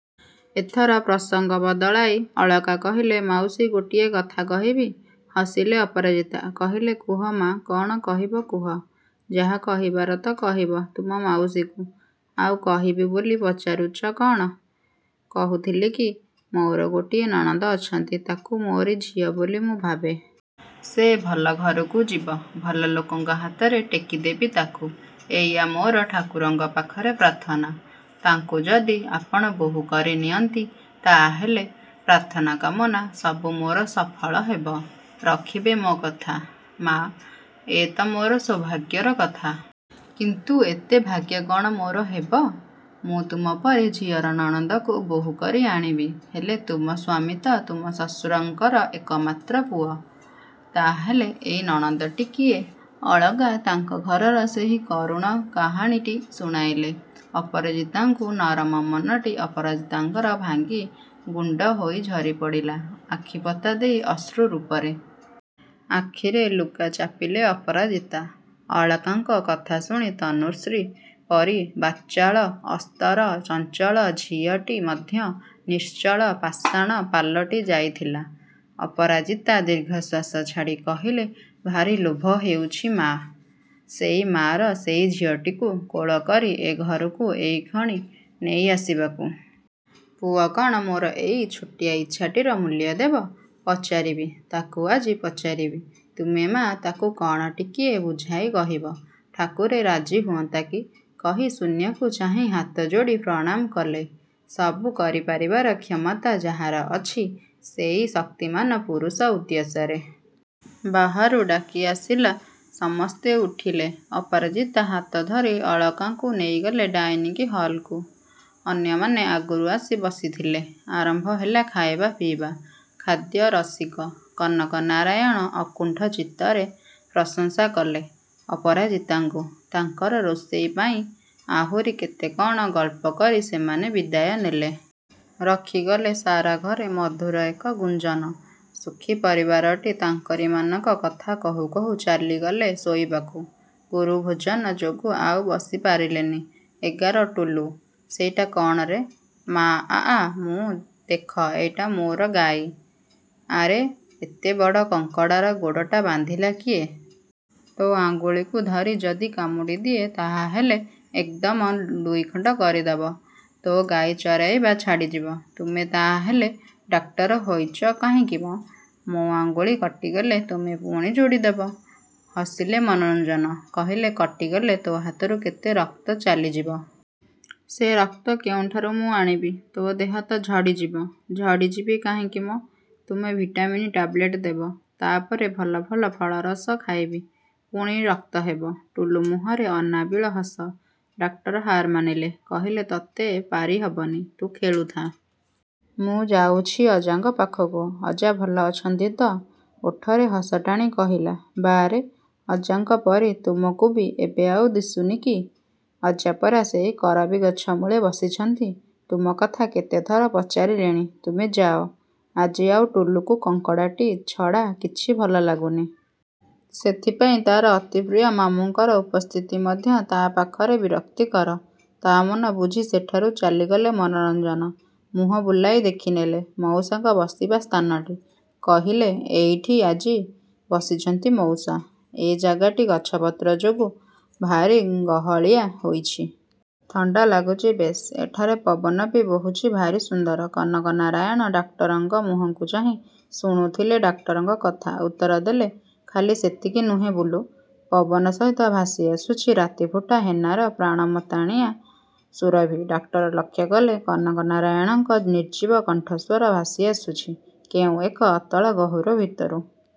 ଏଥର ପ୍ରସଙ୍ଗ ବଦଳାଇ ଅଳକା କହିଲେ–ମାଉସୀ ଗୋଟିଏ କଥା କହିବି। ହସିଲେ ଅପରାଜିତା। କହିଲେ–କୁହ ମା', କ'ଣ କହିବ କୁହ। ଯାହା କହିବାର ତ କହିବ ତୁମ ମାଉସୀକୁ, ଆଉ କହିବି ବୋଲି ପଚାରୁଛ କ'ଣ? କହୁଥିଲି କି ମୋର ଗୋଟିଏ ନଣନ୍ଦ ଅଛନ୍ତି। ତାକୁ ମୋରି ଝିଅ ବୋଲି ମୁଁ ଭାବେ। ସେ ଭଲ ଘରକୁ ଯିବ, ଭଲ ଲୋକଙ୍କ ହାତରେ ଟେକିଦେବି ତାକୁ। ଏଇଆ ମୋର ଠାକୁରଙ୍କ ପାଖରେ ପ୍ରାର୍ଥନା। ତାଙ୍କୁ ଯଦି ଆପଣ ବୋହୂ କରିନିଅନ୍ତି ତାହାହେଲେ ପ୍ରାର୍ଥନା କାମନା ସବୁ ମୋର ସପଂଳ ହେବ। ରଖିବେ ମୋ କଥା? ମା', ଏ ତ ମୋର ସୌଭାଗ୍ୟର କଥା! କିନ୍ତୁ ଏତେ ଭାଗ୍ୟ କ'ଣ ମୋର ହେବ? ମୁଁ ତୁମ ପରି ଝିଅର ନଣନ୍ଦକୁ ବୋହୂ କରି ଆଣିବି। ହେଲେ–ତୁମ ସ୍ୱାମୀ ତ ତୁମ ଶ୍ୱଶୁରଙ୍କର ଏକମାତ୍ର ପୁଅ, ତାହାହେଲେ ଏଇ ନଣନ୍ଦଟି କିଏ? ଅଳକା ତାଙ୍କ ଘରର ସେଇ କରୁଣ କାହାଣୀଟି ଶୁଣାଇଲେ ଅପରାଜିତାଙ୍କୁ ନରମ ମନଟି ଅପରାଜିତାଙ୍କର ଭାଙ୍ଗି ଗୁଣ୍ତ ହୋଇ ଝରିପଡ଼ିଲା ଆଖିପତା ଦେଇ ଅଶ୍ରୁ ରୂପରେ। ଆଖିରେ ଲୁଗା ଚାପିଲେ ଅପରାଜିତା। ଅଳକାଙ୍କ କଥା ଶୁଣି ତନୁଶ୍ରୀ ପରି ବାଚାଳ, ଅସ୍ଥର, ଚଞ୍ଚଳ ଝିଅଟି ମଧ୍ୟ ନିଶ୍ଚଳ ପାଷାଣ ପାଲଟି ଯାଇଥିଲା। ଅପରାଜିତା ଦୀର୍ଘଶ୍ୱାସ ଛାଡ଼ି କହିଲେ–ଭାରି ଲୋଭ ହେଉଛି ମା'! ସେଇ ମା'ର ସେଇ ଝିଅଟିକୁ କୋଳ କରି ଏ ଘରକୁ ଏଇକ୍ଷଣି ନେଇଆସିବାକୁ। ପୁଅ କ'ଣ ମୋର ଏଇ ଛୋଟିଆ ଇଚ୍ଛାଟିର ମୂଲ୍ୟ ଦେବ! ପଚାରିବି, ତାକୁ ଆଜି ପଚାରିବି। ତୁମେ ମା' ତାକୁ କ'ଣ ଟିକିଏ ବୁଝାଇ କହିବ? ଠାକୁରେ–ରାଜି ହୁଅନ୍ତା କି କହି ଶୂନ୍ୟକୁ ଚାହିଁ ହାତଯୋଡ଼ି ପ୍ରଣାମ କଲେ ସବୁ କରିପାରିବାର କ୍ଷମତା ଯାହାର ଅଛି ସେଇ ଶକ୍ତିମାନ ପୁରୁଷ ଉଦ୍ଦେଶ୍ୟରେ। ବାହାରୁ ଡାକଆସିଲା– ସମସ୍ତେ ଉଠିଲେ। ଅପରାଜିତା ହାତଧରି ଅଳକାଙ୍କୁ ନେଇଗଲେ ଡାଇନିଂ ହଲକୁ। ଅନ୍ୟମାନେ ଆଗରୁ ଆସି ବସିଥିଲେ। ଆରମ୍ଭ ହେଲା ଖାଇବା ପିଇବା। ଖାଦ୍ୟ ରସିକ କନକନାରାୟଣ ଅକୁଣ୍ଠଚିତ୍ତରେ ପ୍ରଶଂସାକଲେ ଅପରାଜିତାଙ୍କୁ, ତାଙ୍କର ରୋଷେଇ ପାଇଁ। ଆହୁରି କେତେ କ'ଣ ଗଳ୍ପକରି ସେମାନେ ବିଦାୟନେଲେ। ରଖିଗଲେ ସାରା ଘରେ ମଧୁର ଏକ ଗୁଞ୍ଜନ। ସୁଖି ପରିବାରଟି ତାଙ୍କରିମାନଙ୍କ। କଥା କହୁ କହୁ ଚାଲିଗଲେ ଶୋଇବାକୁ। ଗୁରୁଭୋଜନ ଯୋଗୁ ଆଉ ବସିପାରିଲେନି। ଏଗାର ଟୁଲୁ, ସେଇଟା କ'ଣରେ? ମା–ଆ–ଆ ମୁଁ। ଦେଖ ଏଇଟା ମୋର ଗାଈ। ଆରେ, ଏତେବଡ଼ କଙ୍କଡ଼ାର ଗୋଡ଼ଟା ବାନ୍ଧିଲା କିଏ। ତୋ ଆଙ୍ଗୁଳିକୁ ଧରି ଯଦି କାମୁଡ଼ିଦିଏ ତାହାହେଲେ ଏକଦମ୍ ଦୁଇଖଣ୍ତ କରିଦେବ। ତୋ ଗାଈ ଚରେଇବା ଛାଡ଼ିଯିବ। ତୁମେ ତାହାହେଲେ ଡାକ୍ତର ହୋଇଚ କାହିଁକି ମ? ମୋ ଆଙ୍ଗୁଳି କଟିଗଲେ ତୁମେ ପୁଣି ଯୋଡ଼ିଦେବ। ହସିଲେ ମନୋରଞ୍ଜନ। କହିଲେ–କଟିଗଲେ ତୋ ହାତରୁ କେତେ ରକ୍ତ ଚାଲିଯିବ। ସେ ରକ୍ତ କେଉଁଠାରୁ ମୁଁ ଆଣିବି। ତୋ ଦେହ ତ ଝଡ଼ିଯିବ। ଝଡ଼ିଯିବି କାହିଁକି ମ। ତୁମେ ଭିଟାମିନ୍ ଟାବଲେଟ୍ ଦେବ। ତା'ପରେ ଭଲ ଭଲ ଫଳରସ ଖାଇବି। ପୁଣି ରକ୍ତହେବ। ଟୁଲୁ ମୁହଁରେ ଅନାବିଳ ହସ। ଡାକ୍ତର ହାର୍ ମାନିଲେ। କହିଲେ–ତୋତେ ପାରିହେବନି। ତୁ ଖେଳୁଥା। ମୁଁ ଯାଉଛି ଅଜାଙ୍କ ପାଖକୁ। ଅଜା ଭଲ ଅଛନ୍ତି ତ? ଓଠରେ ହସଟାଣି କହିଲା– ବାରେ, ଅଜାଙ୍କ ପରି ତୁମକୁ ବି ଏବେ ଆଉ ଦିଶୁନି କି? ଅଜା ପରା ସେଇ କରବୀ ଗଛମୂଳେ ବସିଛନ୍ତି। ତୁମ କଥା କେତେଥର ପଚାରିଲେଣି। ତୁମେ ଯାଅ। ଆଜି ଆଉ ଟୁଲୁକୁ କଙ୍କଡ଼ାଟି ଛଡ଼ା କିଛି ଭଲଲାଗୁନି। ସେଥିପାଇଁ ତା'ର ଅତି ପ୍ରିୟ ମାମୁଁଙ୍କର ଉପସ୍ତିତି ମଧ୍ୟ ତା' ପାଖରେ ବିରକ୍ତିକର। ତା'ମନ ବୁଝି ସେଠାରୁ ଚାଲିଗଲେ ମନୋରଞ୍ଜନ। ମୁହଁ ବୁଲାଇ ଦେଖିନେଲେ ମଉସାଙ୍କ ବସିବା ସ୍ଥାନଟି। କହିଲେ, ଏଇଠି ଆଜି ବସିଛନ୍ତି ମଉସା। ଏ ଜାଗାଟି ଗଛ ପତ୍ରଯୋଗୁଁ ଭାରି ଗହଳିଆ ହୋଇଛି। ଥଣ୍ତା ଲାଗୁଛି ବେଶ୍। ଏଠାରେ ପବନ ବି ବହୁଛି ଭାରି ସୁନ୍ଦର। କନକନାରାୟଣ ଡାକ୍ତରଙ୍କ ମୁହଁକୁ ଚାହିଁ ଶୁଣୁଥିଲେ ଡାକ୍ତରଙ୍କ କଥା। ଉତ୍ତରଦେଲେ–ଖାଲି ସେତିକି ନୁହେଁ ବୁଲୁ, ପବନ ସହିତ ଭାସିଆସୁଛି ରାତିଫୁଟା ହେନାର ପ୍ରାଣ ମତାଣିଆ ସୁରଭି-। ଡାକ୍ତର ଲକ୍ଷ୍ୟକଲେ– କନକନାରାୟଣଙ୍କ ନିର୍ଜୀବ କଣ୍ଠସ୍ୱର ଭାସିଆସୁଛି କେଉଁ ଏକ ଅତଳ ଗହ୍ୱର ଭିତରୁ।